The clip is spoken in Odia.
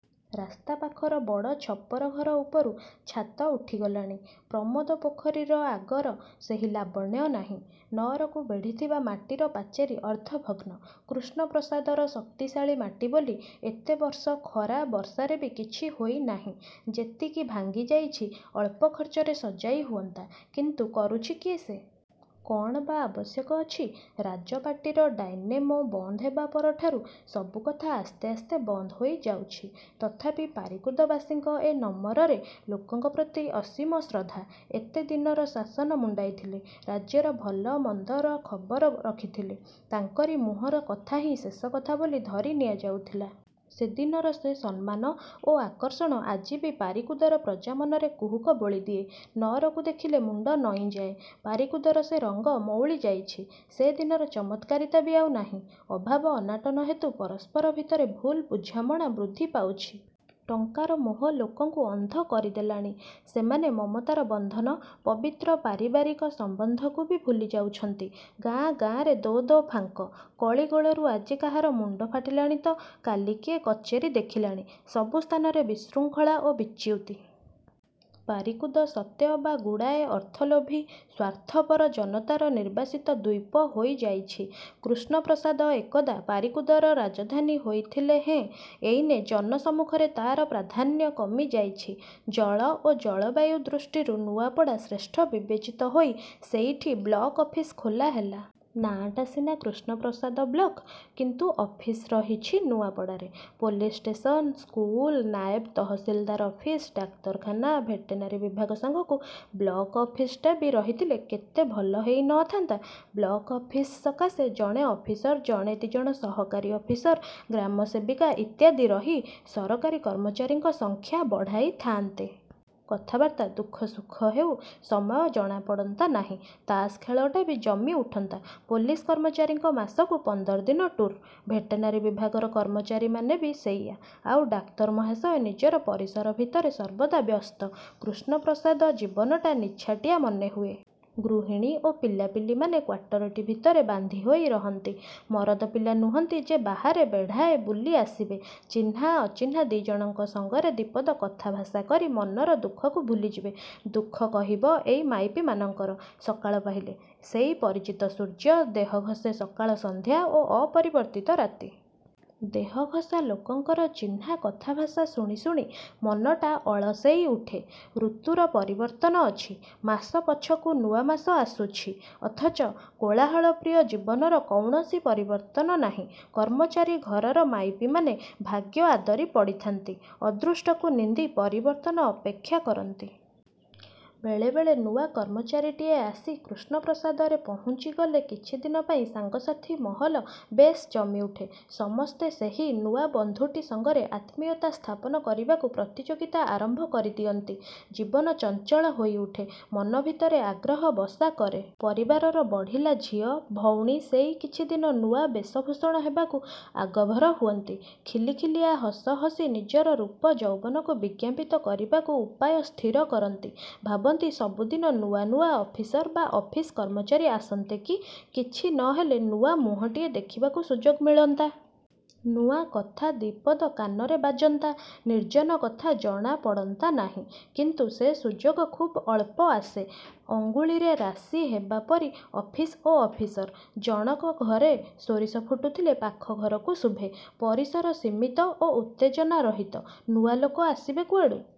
ରାସ୍ତା ପାଖର ବଡ଼ ଛପର ଘର ଉପରୁ ଛାତ ଉଠିଗଲାଣି। ପ୍ରମୋଦ–ପୋଖରୀର ଆଗର ସେହି ଲାବଣ୍ୟ ନାହିଁ। ନଅରକୁ ବେଢ଼ିଥିବା ମାଟିର ପାଚେରୀ ଅର୍ଦ୍ଧଭଗ୍ନ। କୃଷ୍ଣପ୍ରସାଦର ଶକ୍ତିଶାଳୀ ମାଟି ବୋଲି ଏତେ ବର୍ଷ ଖରା ବର୍ଷାରେ ବି କିଛି ହୋଇ ନାହିଁ। ଯେତିକି ଭାଙ୍ଗିଯାଇଛି, ଅଳ୍ପ ଖର୍ଚ୍ଚରେ ସଜାଇ ହୁଅନ୍ତା; କିନ୍ତୁ କରୁଛି କିଏ ସେ? କଣ ବା ଆବଶ୍ୟକ ଅଛି? ରାଜବାଟୀର ଡାଇନେମୋ ବନ୍ଦହେବା ପରଠାରୁ ସବୁକଥା ଆସ୍ତେ ଆସ୍ତେ ବନ୍ଦ ହୋଇ ଯାଉଛି। ତଥାପି ପାରିକୁଦବାସୀଙ୍କ ଏ ନମରରେ ଲୋକଙ୍କ ପ୍ରତି ଅସୀମ ଶ୍ରଦ୍ଧା। ଏତେ ଦିନର ଶାସନ ମୁଣ୍ଡାଇଥିଲେ, ରାଜ୍ୟର ଭଲ ମନ୍ଦର ଖବର ରଖିଥିଲେ ତାଙ୍କରି ମୁହଁର କଥାହିଁ ଶେଷ କଥା ବୋଲି ଧରି ନିଆଯାଉଥିଲା। ସେ ଦିନର ସେ ସମ୍ମାନ ଓ ଆକର୍ଷଣ ଆଜି ବି ପାରିକୁଦର ପ୍ରଜା ମନରେ କୁହୁକ ବୋଳିଦିଏ। ନଅରକୁ ଦେଖିଲେ ମୁଣ୍ଡ ନଇଁଯାଏ। ପାରିକୁଦର ସେ ରଙ୍ଗ ମଉଳିଯାଉଛି। ସେ ଦିନର ଚମତ୍କାରିତା ବି ଆଉ ନାହିଁ। ଅଭାବ, ଅନାଟନ ହେତୁ ପରସ୍ପର ଭିତରେ ଭୁଲ ବୁଝାମଣା ବୃଦ୍ଧିପାଉଛି। ଟଙ୍କାର ମୋହ ଲୋକଙ୍କୁ ଅନ୍ଧ କରି ଦେଲାଣି। ସେମାନେ ମମତାର ବନ୍ଧନ, ପବିତ୍ର ପାରିବାରିକ ସମ୍ୱନ୍ଧକୁ ବି ଭୁଲି ଯାଉଛନ୍ତି-। ଗାଁ, ଗାଁରେ ଦୋ ଦୋ ଫାଙ୍କ। କଳିଗୋଳରୁ ଆଜି କାହାର ମୁଣ୍ଡ ଫାଟିଲାଣିତ କାଲି କିଏ କଚେରୀ ଦେଖିଲାଣି। ସବୁ ସ୍ଥାନରେ ବିଶୃଙ୍ଖଳା ଓ ବିଚ୍ୟୁତି। ପାରିକୁଦ ସତେ ଅବା ଗୁଡ଼ାଏ ଅର୍ଥଲୋଭୀ, ସ୍ୱାର୍ଥପର ଜନତାର ନିର୍ବାସିତ ଦ୍ୱୀପ ହୋଇଯାଇଛି। କୃଷ୍ଣପ୍ରସାଦ ଏକଦା ପାରିକୁଦର ରାଜଧାନୀ ହୋଇଥିଲେ ହେଁ ଏଇନେ ଜନ ସମ୍ମୁଖରେ ତା'ର ପ୍ରାଧାନ୍ୟ କମିଯାଇଛି। ଜଳ ଓ ଜଳବାୟୁ ଦୃଷ୍ଟିରୁ ନୂଆପଡ଼ା ଶ୍ରେଷ୍ଠ ବିବେଚିତ ହୋଇ ସେଇଠି ବ୍ଲକ ଅଫିସ ଖୋଲା ହେଲା। ନାଁଟା ସିନା 'କୃଷ୍ଣପ୍ରସାଦ ବ୍ଲକ'; କିନ୍ତୁ ଅଫିସ ରହିଛି ନୂଆପଡ଼ାରେ। Police station, school, naib tahsildar office, ଡାକ୍ତରଖାନା, ଭେଟେନାରୀ ବିଭାଗ ସାଙ୍ଗକୁ ବ୍ଲକ ଅଫିସଟା ବି ରହିଥିଲେ କେତେ ଭଲ ହୋଇ ନ ଥାନ୍ତା। ବ୍ଲକ୍ଅଫିସ ସକାଶେ ଜଣେ ଅଫିସର, ଜଣେ ଦି' ଜଣ ସହକାରୀ ଅଫିସର, ଗ୍ରାମସେବିକା ଇତ୍ୟାଦି ରହି ସରକାରୀ କର୍ମଚାରୀଙ୍କ ସଂଖ୍ୟା ବଢ଼ାଇ ଥାଆନ୍ତେ। କଥାବାର୍ତ୍ତା, ଦୁଃଖ ସୁଖ ହେଉ ସମୟ ଜଣାପଡ଼ନ୍ତା ନାହିଁ। ତାସ ଖେଳଟା ବି ଜମି ଉଠନ୍ତା। ପୋଲିସ କର୍ମଚାରୀଙ୍କ ମାସକୁ ପନ୍ଦର ଦିନ ଟୁର୍। ଭେଟେନାରୀ ବିଭାଗର କର୍ମଚାରୀମାନେ ବି ସେଇୟା। ଆଉ ଡାକ୍ତର ମହାଶୟ ନିଜର ପରିସର ଭିତରେ ସର୍ବଦା ବ୍ୟସ୍ତ। କୃଷ୍ଣପ୍ରସାଦ ଜୀବନଟା ନିଛାଟିଆ ମନେହୁଏ। ଗୃହିଣୀ ଓ ପିଲାପିଲିମାନେ କ୍ୱାଟରଟି ଭିତରେ ବାନ୍ଧି ହୋଇ ରହନ୍ତି। ମରଦ ପିଲା ନୁହନ୍ତି ଯେ ବାହାରେ ବେଢ଼ାଏ ବୁଲି ଆସିବେ। ଚିହ୍ନା ଅଚିହ୍ନା ଦି'ଜଣଙ୍କ ସଙ୍ଗରେ ଦି'ପଦ କଥାଭାଷା କରି ମନର ଦୁଃଖକୁ ଭୁଲିଯିବେ। ଦୁଃଖ କହିବ, ଏଇ ମାଇପୀମାନଙ୍କର। ସକାଳ ପାହିଲେ। ସେଇ ପରିଚିତ ସୂର୍ଯ୍ୟ, ଦେହଘଷେ ସକାଳ ସନ୍ଧ୍ୟା ଓ ଅପରିବର୍ତ୍ତିତ ରାତି। ଦେହଘଷା ଲୋକଙ୍କର ଚିହ୍ନା କଥାଭାଷା ଶୁଣି ଶୁଣି ମନଟା ଅଳସେଇ ଉଠେ-। ଋତୁର ପରିବର୍ତ୍ତନ ଅଛି, ମାସ ପଛକୁ ନୂଆ ମାସ ଆସୁଛି। ଅଥଚ କୋଳାହଳ ପ୍ରିୟ ଜୀବନର କୌଣସି ପରିବର୍ତ୍ତନ ନାହିଁ। କର୍ମଚାରୀ ଘରର ମାଇପୀମାନେ ଭାଗ୍ୟ ଆଦରି ପଡ଼ିଥାନ୍ତି-। ଅଦୃଷ୍ଟକୁ ନିନ୍ଦି ପରିବର୍ତ୍ତନ ଅପେକ୍ଷା କରନ୍ତି। ବେଳେ ବେଳେ ନୂଆ କର୍ମଚାରୀଟିଏ ଆସି କୃଷ୍ଣପ୍ରସାଦରେ ପହୁଞ୍ଚିଗଲେ କିଛିଦିନପାଇଁ ସାଙ୍ଗସାଥି ମହଲ ବେଶ୍ ଜମି ଉଠେ। ସମସ୍ତେ ସେହି ନୂଆ ବନ୍ଧୁଟି ସଙ୍ଗରେ ଆତ୍ମୀୟତା ସ୍ଥାପନ କରିବାକୁ ପ୍ରତିଯୋଗିତା ଆରମ୍ଭ କରି ଦିଅନ୍ତି। ଜୀବନ, ଚଞ୍ଚଳ ହୋଇଉଠେ। ମନ ଭିତରେ ଆଗ୍ରହ ବସା କରେ। ପରିବାରର ବଢ଼ିଲା ଝିଅ, ଭଉଣୀ ସେଇ କିଛିଦିନ ନୂଆ ବେଶଭୂଷଣ ହେବାକୁ ଆଗଭର ହୁଅନ୍ତି। ଖିଲିଖିଲିଆ ହସ ହସି ନିଜ ରୂପ ଯୌବନକୁ ବିଜ୍ଞାପିତ କରିବାକୁ ଉପାୟ ସ୍ଥିର କରନ୍ତି। ଭାବନ୍ତି, ସବୁଦିନ ନୂଆ ନୂଆ ଅଫିସର ବା ଅଫିସ କର୍ମଚାରୀ ଆସନ୍ତେ କି! କିଛି ନ ହେଲେ, ନୂଆ ମୁହଁଟିଏ ଦେଖିବାକୁ ସୁଯୋଗ ମିଳନ୍ତା। ନୂଆ କଥା ଦି'ପଦ କାନରେ ବାଜନ୍ତା। ନିର୍ଜନ କଥା ଜଣା ପଡ଼ନ୍ତାନାହିଁ। କିନ୍ତୁ ସେ ସୁଯୋଗ ଖୁବ୍ ଅଳ୍ପ ଆସେ। ଅଙ୍ଗୁଳୀରେ ରାଶି ହେବା ପରି ଅଫିସ ଓ ଅଫିସର। ଜଣକ ଘରେ ସୋରିଷ ଫୁଟୁଥିଲେ ପାଖଘରକୁ ଶୁଭେ। ପରିସର ସୀମିତ ଓ ଉତ୍ତେଜନା–ରହିତ। ନୂଆ ଲୋକ ଆସିବେ କୁଆଡ଼ୁ?